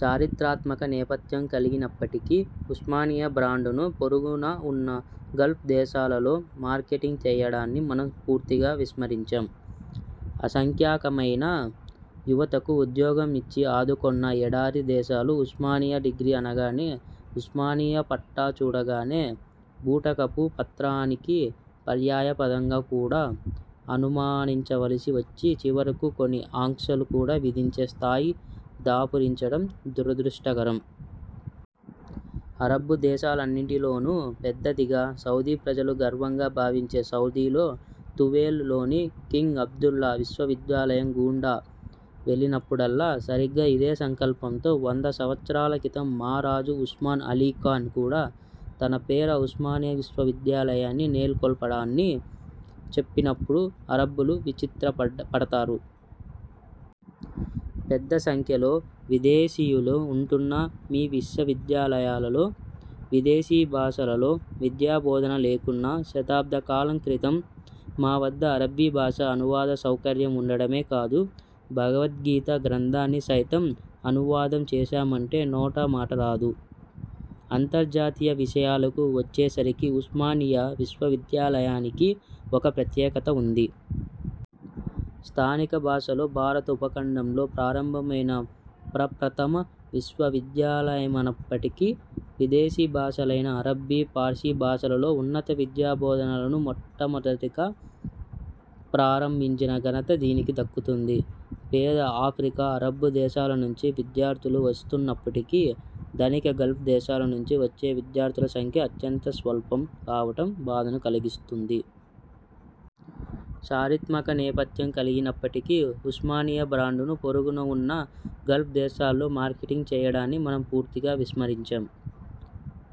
చారిత్రాత్మక నేపథ్యం కల్గినప్పటికీ ఉస్మానియా బ్రాండును పొరుగున ఉన్న గల్ఫ్ దేశాలలో మార్కెటింగ్ చేయడాన్ని మనం పూర్తిగా విస్మరించాం. అసంఖ్యాకమైన యువతకు ఉద్యోగం ఇచ్చి ఆదుకొన్న ఎడారి దేశాలు ఉస్మానియా డిగ్రీ అనగానే, ఉస్మానియా పట్టా చూడగానే, బూటకపు పత్రానికి పర్యాయపదంగా కూడా అనుమానించవలసి వచ్చి చివరకు కొన్ని ఆంక్షలు కూడా విధించే స్థాయి దాపురించడం దురదృష్టకరం. అరబ్బు దేశాలన్నింటిలోనూ పెద్దదిగా, సౌదీ ప్రజలు గర్వంగా భావించే సౌదీలో తువేల్ లోని కింగ్ అబ్దుల్లా విశ్వవిద్యాలయం గూండా వెళ్ళినప్పుడల్లా సరిగ్గా ఇదే సంకల్పంతో వంద సంవత్సరాల క్రితం మా రాజు ఉస్మాన్ అలీ ఖాన్ కూడ తన పేర ఉస్మానియా విశ్వవిద్యాలయాన్ని నెలకొల్పాడని చెప్పినప్పుడు అరబ్బులు విచిత్రపడతారు. పెద్ద సంఖ్యలో విదేశీయులు ఉంటున్నా మీ విశ్వవిద్యాలయాలలో విదేశీ భాషలలో విద్యా బోధన లేకున్నా శతాబ్ద కాలం క్రితం మా వద్ద అరబ్బీ భాష అనువాద సౌకర్యం ఉండడమే కాదు, భగవద్గీత గ్రంథాన్ని సైతం అనువాదం చేసామంటే నోట మాట రాదు. అంతర్జాతీయ విషయాలకు వచ్చేసరికి ఉస్మానియా విశ్వవిద్యాలయానికి ఒక ప్రత్యేకత ఉంది. స్థానిక భాషలో భారత ఉపఖండంలో ప్రారంభమైన ప్రప్రథమ విశ్వవిద్యాలయమైనప్పటికీ విదేశీ భాషలైన అరబ్బీ, పార్సీ భాషలలో ఉన్నత విద్యా బోధనలను మొట్టమొదటగా ప్రారంభిం చిన ఘనత దీనికి దక్కుతుంది. పేద ఆఫ్రికా, అరబ్బు దేశాల నుంచి విద్యా ర్థులు వస్తున్నప్పటికీ ధనిక గల్ఫ్ దేశాల నుంచి వచ్చే విద్యార్థుల సంఖ్య అత్యంత స్వల్పం కావటం బాధను కల్గిస్తుంది. చారిత్ర్మాక నేపథ్యం కల్గినప్పటికీ ఉస్మా నియా బ్రాండును పొరుగున ఉన్న గల్ఫ్ దేశాల్లో మార్కెటింగ్ చేయడాన్ని మనం పూర్తిగా విస్మరించాం.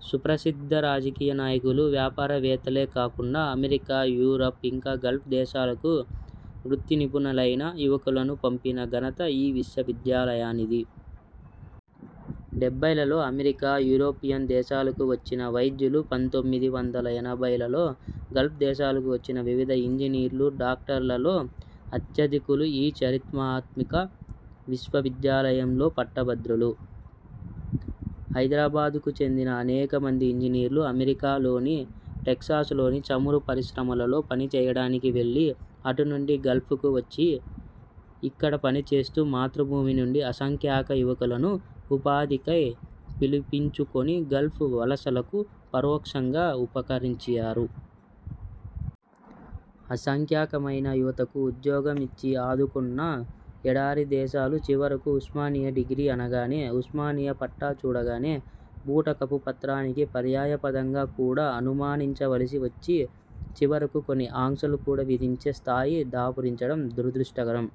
సుప్రసిద్ధ రాజకీయ నాయకులు, వ్యాపార వేత్తలే కాకుండా అమెరికా, యూరోప్, ఇంకా గల్ఫ్ దేశాలకు వృత్తి నిపుణులైన యువకులను పంపిన ఘనత ఈ విశ్వవిద్యాలయానిది. డెబ్బైలలో అమెరికా, యూరోపియన్ దేశాలకు వచ్చిన వైద్యులు, పంతొమ్మిది వందల ఎనభైలలో గల్ఫ్ దేశాలకు వచ్చిన వివిధ ఇంజినీర్లు, డాక్టర్లలో అత్యధికులు ఈ చారిత్ర్మాక విశ్వవిద్యాలయంలో పట్టభద్రులు. హైదరాబాద్ కు చెందిన అనేక మంది ఇంజినీర్లు అమెరికాలోని టెక్సాస్ లోని చమురు పరిశ్రమలలో పని చేయడానికి వెళ్ళి అటు నుండి గల్్ఫకు వచ్చి ఇక్కడ పని చేస్తూ మాతృభూమి నుండి అసంఖ్యాక యువకులను ఉపాధి కై పిలిపించుకొని గల్ఫ్ వలసలకు పరోక్షంగా ఉపకరించారు. అసంఖ్యాకమైన యువతకు ఉద్యోగం ఇచ్చి ఆదుకొన్న ఎడారి దేశాలు చివరకు ఉస్మానియా డిగ్రీ అనగానే, ఉస్మానియా పట్టా చూడగానే, బూటకపు పత్రానికి పర్యాయ పదంగా కూడా అనుమానించవలసి వచ్చి చివరకు కొన్ని ఆంక్షలు కూడా విధించే స్థాయి దాపురించడం దురదృష్టకరం.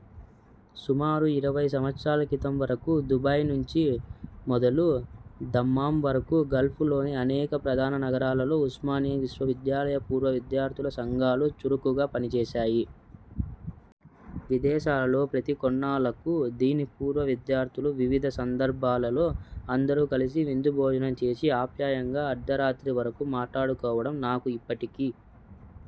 సుమారు ఇరవై సంవత్సరాల క్రితం వరకు దుబాయి నుంచి మొదలు దమ్మాం వరకు గల్ఫ్ లోని అనేక ప్రధాన నగరాలలో ఉస్మానియా విశ్వవిద్యాలయ పూర్వ విద్యార్థుల సంఘాలు చురుకుగా పని చేసాయి. విదేశాలలో ప్రతి కొన్నాళ్ళకు దీని పూర్వ విద్యార్థులు వివిధ సందర్భాలలో అందరు కలిసి విందు భోజనం చేసి అప్యాయంగా అర్ధరాత్రి వరకు మాట్లాడుకోవడం నాకు ఇప్పటికి